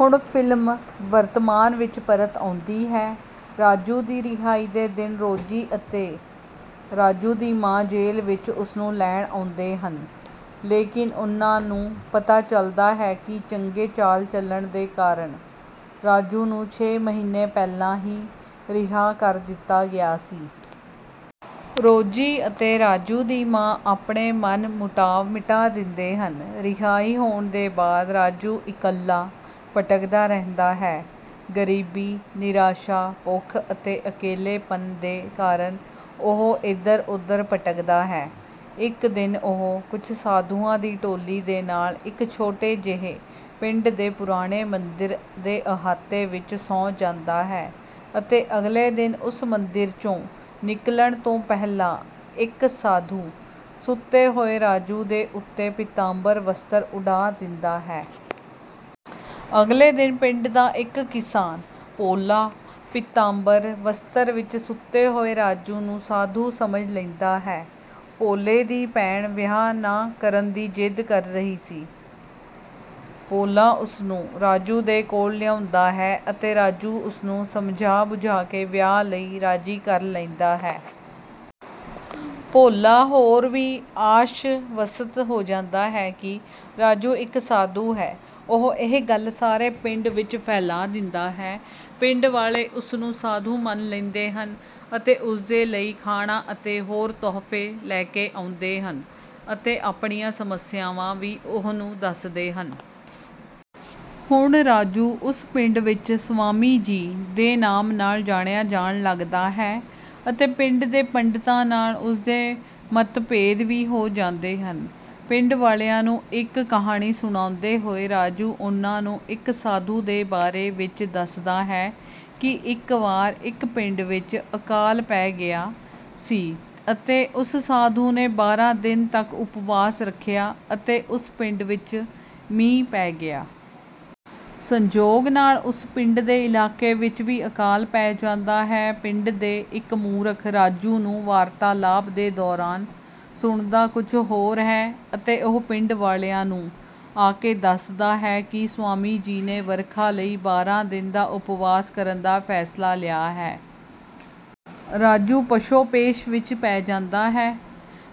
ਹੁਣ ਫਿਲਮ ਵਰਤਮਾਨ ਵਿੱਚ ਪਰਤ ਆਉਂਦੀ ਹੈ। ਰਾਜੂ ਦੀ ਰਿਹਾਈ ਦੇ ਦਿਨ ਰੋਜੀ ਅਤੇ ਰਾਜੂ ਦੀ ਮਾਂ ਜੇਲ੍ਹ ਵਿੱਚ ਉਸਨੂੰ ਲੈਣ ਆਉਂਦੇ ਹਨ, ਲੇਕਿਨ ਉਨ੍ਹਾਂ ਨੂੰ ਪਤਾ ਚੱਲਦਾ ਹੈ ਕਿ ਚੰਗੇ ਚਾਲ-ਚਲਣ ਦੇ ਕਾਰਨ ਰਾਜੂ ਨੂੰ ਛੇ ਮਹੀਨੇ ਪਹਿਲਾਂ ਹੀ ਰਿਹਾ ਕਰ ਦਿੱਤਾ ਗਿਆ ਸੀ। ਰੋਜੀ ਅਤੇ ਰਾਜੂ ਦੀ ਮਾਂ ਆਪਣੇ ਮਨ-ਮੁਟਾਵ ਮਿਟਾ ਦਿੰਦੇ ਹਨ। ਰਿਹਾਈ ਹੋਣ ਦੇ ਬਾਅਦ ਰਾਜੂ ਇਕੱਲਾ ਭਟਕਦਾ ਰਹਿੰਦਾ ਹੈ। ਗਰੀਬੀ, ਨਿਰਾਸ਼ਾ, ਭੁੱਖ ਅਤੇ ਅਕੇਲੇਪਨ ਦੇ ਕਾਰਨ ਉਹ ਏਧਰ-ਉੱਧਰ ਭਟਕਦਾ ਹੈ। ਇੱਕ ਦਿਨ ਉਹ ਕੁਝ ਸਾਧੂਆਂ ਦੀ ਟੋਲੀ ਦੇ ਨਾਲ ਇੱਕ ਛੋਟੇ ਜਿਹੇ ਪਿੰਡ ਦੇ ਪੁਰਾਣੇ ਮੰਦਿਰ ਦੇ ਅਹਾਤੇ ਵਿੱਚ ਸੌਂ ਜਾਂਦਾ ਹੈ ਅਤੇ ਅਗਲੇ ਦਿਨ ਉਸ ਮੰਦਿਰ 'ਚੋਂ ਨਿਕਲਣ ਤੋਂ ਪਹਿਲਾਂ ਇੱਕ ਸਾਧੂ ਸੁੱਤੇ ਹੋਏ ਰਾਜੂ ਦੇ ਉੱਤੇ ਪੀਤਾਂਬਰ ਵਸਤਰ ਉਡਾ ਦਿੰਦਾ ਹੈ। ਅਗਲੇ ਦਿਨ ਪਿੰਡ ਦਾ ਇੱਕ ਕਿਸਾਨ, ਭੋਲਾ, ਪੀਤਾਂਬਰ ਵਸਤਰ ਵਿੱਚ ਸੁੱਤੇ ਹੋਏ ਰਾਜੂ ਨੂੰ ਸਾਧੂ ਸਮਝ ਲੈਂਦਾ ਹੈ। ਭੋਲੇ ਦੀ ਭੈਣ ਵਿਆਹ ਨਾ ਕਰਨ ਦੀ ਜਿੱਦ ਕਰ ਰਹੀ ਸੀ। ਭੋਲਾ ਉਸਨੂੰ ਰਾਜੂ ਦੇ ਕੋਲ ਲਿਆਉਂਦਾ ਹੈ ਅਤੇ ਰਾਜੂ ਉਸਨੂੰ ਸਮਝਾ-ਬੁਝਾ ਕੇ ਵਿਆਹ ਲਈ ਰਾਜ਼ੀ ਕਰ ਲੈਂਦਾ ਹੈ। ਭੋਲਾ ਹੋਰ ਵੀ ਆਸ਼ਵਸਤ ਹੋ ਜਾਂਦਾ ਹੈ ਕਿ ਰਾਜੂ ਇੱਕ ਸਾਧੂ ਹੈ। ਉਹ ਇਹ ਗੱਲ ਸਾਰੇ ਪਿੰਡ ਵਿੱਚ ਫੈਲਾ ਦਿੰਦਾ ਹੈ। ਪਿੰਡ ਵਾਲੇ ਉਸਨੂੰ ਸਾਧੂ ਮੰਨ ਲੈਂਦੇ ਹਨ ਅਤੇ ਉਸਦੇ ਲਈ ਖਾਣਾ ਅਤੇ ਹੋਰ ਤੋਹਫ਼ੇ ਲੈ ਕੇ ਆਉਂਦੇ ਹਨ ਅਤੇ ਆਪਣੀਆਂ ਸਮੱਸਿਆਵਾਂ ਵੀ ਉਹਨੂੰ ਦੱਸਦੇ ਹਨ। ਹੁਣ ਰਾਜੂ ਉਸ ਪਿੰਡ ਵਿੱਚ "ਸਵਾਮੀ ਜੀ" ਦੇ ਨਾਮ ਨਾਲ ਜਾਣਿਆ ਜਾਣ ਲੱਗਦਾ ਹੈ ਅਤੇ ਪਿੰਡ ਦੇ ਪੰਡਤਾਂ ਨਾਲ ਉਸਦੇ ਮਤਭੇਦ ਵੀ ਹੋ ਜਾਂਦੇ ਹਨ। ਪਿੰਡ ਵਾਲਿਆਂ ਨੂੰ ਇੱਕ ਕਹਾਣੀ ਸੁਣਾਉਂਦੇ ਹੋਏ ਰਾਜੂ ਉਨ੍ਹਾਂ ਨੂੰ ਇੱਕ ਸਾਧੂ ਦੇ ਬਾਰੇ ਵਿੱਚ ਦੱਸਦਾ ਹੈ ਕਿ ਇੱਕ ਵਾਰ ਇੱਕ ਪਿੰਡ ਵਿੱਚ ਅਕਾਲ ਪੈ ਗਿਆ ਸੀ ਅਤੇ ਉਸ ਸਾਧੂ ਨੇ ਬਾਰਾਂ ਦਿਨ ਤੱਕ ਉਪਵਾਸ ਰੱਖਿਆ ਅਤੇ ਉਸ ਪਿੰਡ ਵਿੱਚ ਮੀਂਹ ਪੈ ਗਿਆ। ਸੰਜੋਗ ਨਾਲ ਉਸ ਪਿੰਡ ਦੇ ਇਲਾਕੇ ਵਿੱਚ ਵੀ ਅਕਾਲ ਪੈ ਜਾਂਦਾ ਹੈ। ਪਿੰਡ ਦੇ ਇੱਕ ਮੂਰਖ ਰਾਜੂ ਨੂੰ ਵਾਰਤਾਲਾਪ ਦੇ ਦੌਰਾਨ ਸੁਣਦਾ ਕੁਝ ਹੋਰ ਹੈ ਅਤੇ ਉਹ ਪਿੰਡ ਵਾਲਿਆਂ ਨੂੰ ਆ ਕੇ ਦੱਸਦਾ ਹੈ ਕਿ ਸਵਾਮੀ ਜੀ ਨੇ ਵਰਖਾ ਲਈ ਬਾਰਾਂ ਦਿਨ ਦਾ ਉਪਵਾਸ ਕਰਨ ਦਾ ਫ਼ੈਸਲਾ ਲਿਆ ਹੈ। ਰਾਜੂ ਪਸ਼ੋਪੇਸ਼ ਵਿੱਚ ਪੈ ਜਾਂਦਾ ਹੈ।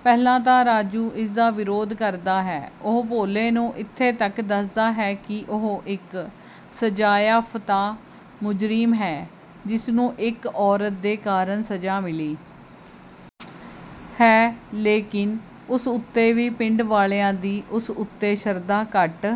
ਪਹਿਲਾਂ ਤਾਂ ਰਾਜੂ ਇਸਦਾ ਵਿਰੋਧ ਕਰਦਾ ਹੈ। ਉਹ ਭੋਲੇ ਨੂੰ ਇੱਥੇ ਤੱਕ ਦੱਸਦਾ ਹੈ ਕਿ ਉਹ ਇੱਕ ਸਜ਼ਾਯਾਫ਼ਤਾ ਮੁਜ਼ਰਿਮ ਹੈ ਜਿਸਨੂੰ ਇੱਕ ਔਰਤ ਦੇ ਕਾਰਨ ਸਜ਼ਾ ਮਿਲੀ ਹੈ, ਲੇਕਿਨ ਇਸ ਉੱਤੇ ਵੀ ਪਿੰਡ ਵਾਲਿਆਂ ਦੀ ਉਸ ਉੱਤੇ ਸ਼ਰਧਾ ਘੱਟ